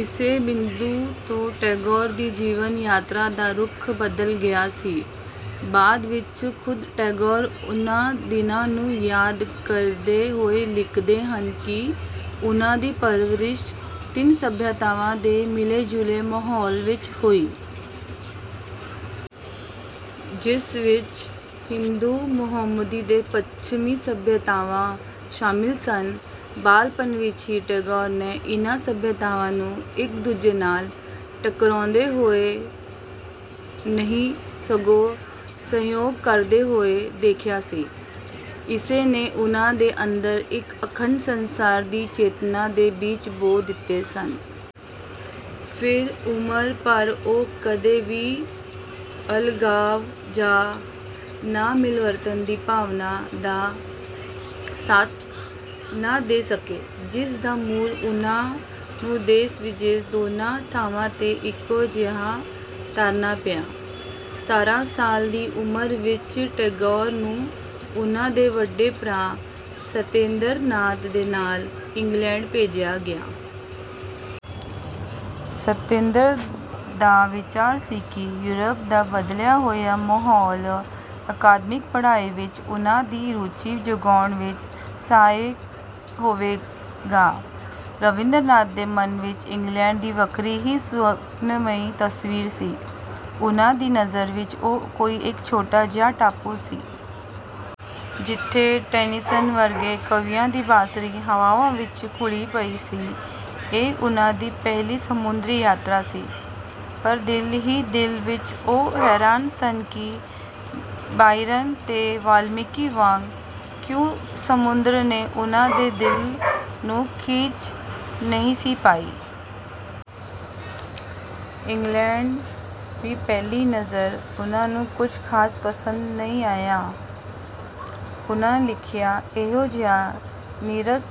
ਇਸੇ ਬਿੰਦੂ ਤੋਂ ਟੈਗੋਰ ਦੀ ਜੀਵਨ ਯਾਤਰਾ ਦਾ ਰੁਖ ਬਦਲ ਗਿਆ ਸੀ। ਬਾਅਦ ਵਿੱਚ ਖੁਦ ਟੈਗੋਰ ਉਨ੍ਹਾਂ ਦਿਨਾਂ ਨੂੰ ਯਾਦ ਕਰਦੇ ਹੋਏ ਲਿਖਦੇ ਹਨ ਕਿ ਉਨ੍ਹਾਂ ਦੀ ਪਰਵਰਿਸ਼ ਤਿੰਨ ਸਭਿਅਤਾਵਾਂ ਦੇ ਮਿਲੇ-ਜੁਲੇ ਮਾਹੌਲ ਵਿੱਚ ਹੋਈ। ਜਿਸ ਵਿੱਚ ਹਿੰਦੂ ਮੁਹੰਮਦੀ ਤੇ ਪੱਛਮੀ ਸਭਿਅਤਾਵਾਂ ਸ਼ਾਮਿਲ ਸਨ। ਬਾਲਪਣ ਵਿੱਚ ਹੀ ਟੈਗੋਰ ਨੇ ਇਨ੍ਹਾਂ ਸਭਿਅਤਾਵਾਂ ਨੂੰ ਇੱਕ ਦੂਜੇ ਨਾਲ ਟਕਰਾਉਂਦੇ ਹੋਏ ਨਹੀਂ ਸਗੋਂ ਸਹਿਯੋਗ ਕਰਦੇ ਹੋਏ ਦੇਖਿਆ ਸੀ। ਇਸੇ ਨੇ ਉਨ੍ਹਾਂ ਦੇ ਅੰਦਰ ਇੱਕ ਅਖੰਡ ਸੰਸਾਰ ਦੀ ਚੇਤਨਾ ਦੇ ਬੀਜ ਬੋ ਦਿੱਤੇ ਸਨ। ਫਿਰ ਉਮਰ ਭਰ ਉਹ ਕਦੇ ਵੀ ਅਲਗਾਵ ਜਾਂ ਨਾਮਿਲਵਰਤਣ ਦੀ ਭਾਵਨਾ ਦਾ ਸਾਥ ਨਾ ਦੇ ਸਕੇ। ਜਿਸ ਦਾ ਮੁੱਲ ਉਨ੍ਹਾਂ ਨੂੰ ਦੇਸ-ਵਿਦੇਸ ਦੋਹਾਂ ਥਾਵਾਂ ਤੇ ਇੱਕੋ ਜਿਹਾ ਤਾਰਨਾ ਪਿਆ। ਸਤਾਰਾਂ ਸਾਲ ਦੀ ਉਮਰ ਵਿੱਚ ਟੈਗੋਰ ਨੂੰ ਉਨ੍ਹਾਂ ਦੇ ਵੱਡੇ ਭਰਾ ਸਤੇਂਦਰਨਾਥ ਦੇ ਨਾਲ ਇੰਗਲੈਂਡ ਭੇਜਿਆ ਗਿਆ। ਸਤੇਂਦਰ ਦਾ ਵਿਚਾਰ ਸੀ ਕਿ ਯੂਰਪ ਦਾ ਬਦਲਿਆ ਹੋਇਆ ਮਾਹੌਲ ਅਕਾਦਮਿਕ ਪੜ੍ਹਾਈ ਵਿੱਚ ਉਨ੍ਹਾਂ ਦੀ ਰੁਚੀ ਜਗਾਉਣ ਵਿੱਚ ਸਹਾਈ ਹੋਵੇਗਾ। ਰਬਿੰਦਰਨਾਥ ਦੇ ਮਨ ਵਿੱਚ ਇੰਗਲੈਂਡ ਦੀ ਵੱਖਰੀ ਹੀ ਸੁਫ਼ਨਮਈ ਤਸਵੀਰ ਸੀ। ਉਨ੍ਹਾਂ ਦੀ ਨਜ਼ਰ ਵਿੱਚ ਉਹ ਕੋਈ ਇੱਕ ਛੋਟਾ ਜਿਹਾ ਟਾਪੂ ਸੀ। ਜਿੱਥੇ ਟੈਨੀਸਨ ਵਰਗੇ ਕਵੀਆਂ ਦੀ ਬਾਂਸਰੀ ਹਵਾਵਾਂ ਵਿੱਚ ਘੁਲੀ ਪਈ ਸੀ। ਇਹ ਉਨ੍ਹਾਂ ਦੀ ਪਹਿਲੀ ਸਮੁੰਦਰੀ ਯਾਤਰਾ ਸੀ। ਪਰ ਦਿਲ ਹੀ ਦਿਲ ਵਿੱਚ ਉਹ ਹੈਰਾਨ ਸਨ ਕਿ ਬਾਇਰਨ ਤੇ ਵਾਲਮੀਕ ਵਾਂਗ ਕਿਉਂ ਸਮੁੰਦਰ ਨੇ ਉਨ੍ਹਾਂ ਦੇ ਦਿਲ ਨੂੰ ਖਿੱਚ ਨਹੀਂ ਸੀ ਪਾਈ। ਇੰਗਲੈਂਡ ਵੀ ਪਹਿਲੀ ਨਜ਼ਰੇ ਉਨ੍ਹਾਂ ਨੂੰ ਕੁਝ ਖਾਸ ਪਸੰਦ ਨਹੀਂ ਸੀ ਆਇਆ। ਉਨ੍ਹਾਂ ਲਿਖਿਆ ਇਹੋ ਜਿਹਾ ਨੀਰਸ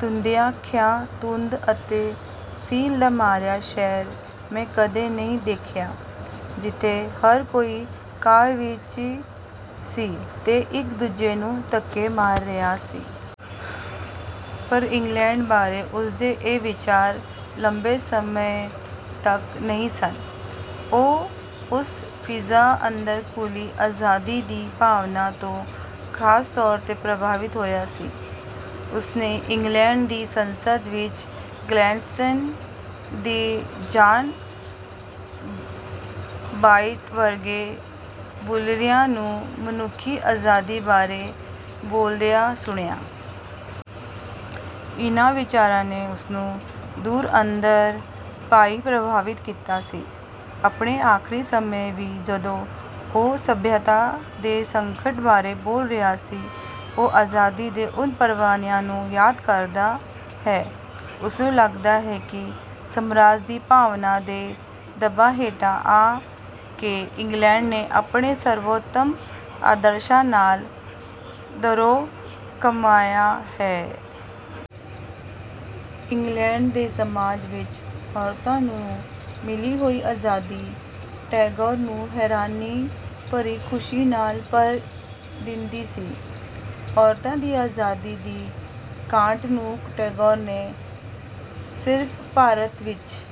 ਧੁੰਆਂਖਿਆ ਧੁੰਦ ਅਤੇ ਸਿੱਲ ਦਾ ਮਾਰਿਆ ਸ਼ਹਿਰ ਮੈਂ ਕਦੇ ਨਹੀਂ ਦੇਖਿਆ। ਜਿੱਥੇ ਹਰ ਕੋਈ ਕਾਹਲ ਵਿੱਚ ਸੀ ਤੇ ਇੱਕ-ਦੂਜੇ ਨੂੰ ਧਕੇ ਮਾਰ ਰਿਹਾ ਸੀ। ਪਰ ਇੰਗਲੈਂਡ ਬਾਰੇ ਉਸਦੇ ਇਹ ਵਿਚਾਰ ਲੰਬੇ ਸਮੇਂ ਤਕ ਨਹੀਂ ਸਨ। ਉਹ ਉਸ ਫ਼ਿਜ਼ਾ ਅੰਦਰ ਘੁਲੀ ਆਜ਼ਾਦੀ ਦੀ ਭਾਵਨਾ ਤੋਂ ਖਾਸ ਤੌਰ ਤੇ ਪ੍ਰਭਾਵਿਤ ਹੋਇਆ ਸੀ। ਉਸਨੇ ਇੰਗਲੈਂਡ ਦੀ ਸੰਸਦ ਵਿੱਚ ਗਲੈਡਸਟੇਨ ਤੇ ਜਾਨ ਬ੍ਰਾਈਟ ਵਰਗੇ ਬੁਲਾਰਿਆਂ ਨੂੰ ਮਨੁਖੀ ਆਜ਼ਾਦੀ ਬਾਰੇ ਬੋਲਦਿਆਂ ਸੁਣਿਆ। ਇਨ੍ਹਾਂ ਵਿਚਾਰਾਂ ਨੇ ਉਸਨੂੰ ਧੁਰ ਅੰਦਰ ਤਾਈਂ ਪ੍ਰਭਾਵਿਤ ਕੀਤਾ ਸੀ। ਆਪਣੇ ਆਖਰੀ ਸਮੇਂ ਵੀ ਜਦੋਂ ਉਹ ਸਭਿਅਤਾ ਦੇ ਸੰਕਟ ਬਾਰੇ ਬੋਲ ਰਿਹਾ ਸੀ ਉਹ ਆਜ਼ਾਦੀ ਦੇ ਉਨ੍ਹਾਂ ਪਰਵਾਨਿਆਂ ਨੂੰ ਯਾਦ ਕਰਦਾ ਹੈ। ਉਸਨੂੰ ਲਗਦਾ ਹੈ ਕਿ ਸਮਰਾਜ ਦੀ ਭਾਵਨਾ ਦੇ ਦਬਾ ਹੇਠ ਆ ਕੇ ਇੰਗਲੈਂਡ ਨੇ ਆਪਣੇ ਸਰਵੋਤਮ ਆਦਰਸ਼ਾਂ ਨਾਲ ਧਰੋਹ ਕਮਾਇਆ ਹੈ। ਇੰਗਲੈਂਡ ਦੇ ਸਮਾਜ ਵਿੱਚ ਔਰਤਾਂ ਨੂੰ ਮਿਲੀ ਹੋਈ ਆਜ਼ਾਦੀ ਟੈਗੋਰ ਨੂੰ ਹੈਰਾਨੀ ਭਰੀ ਖੁਸ਼ੀ ਨਾਲ ਭਰ ਦਿੰਦੀ ਸੀ। ਔਰਤਾਂ ਦੀ ਆਜ਼ਾਦੀ ਦੀ ਘਾਟ ਨੂੰ ਟੈਗੋਰ ਨਾ ਸਿਰਫ਼ ਭਾਰਤ ਵਿੱਚ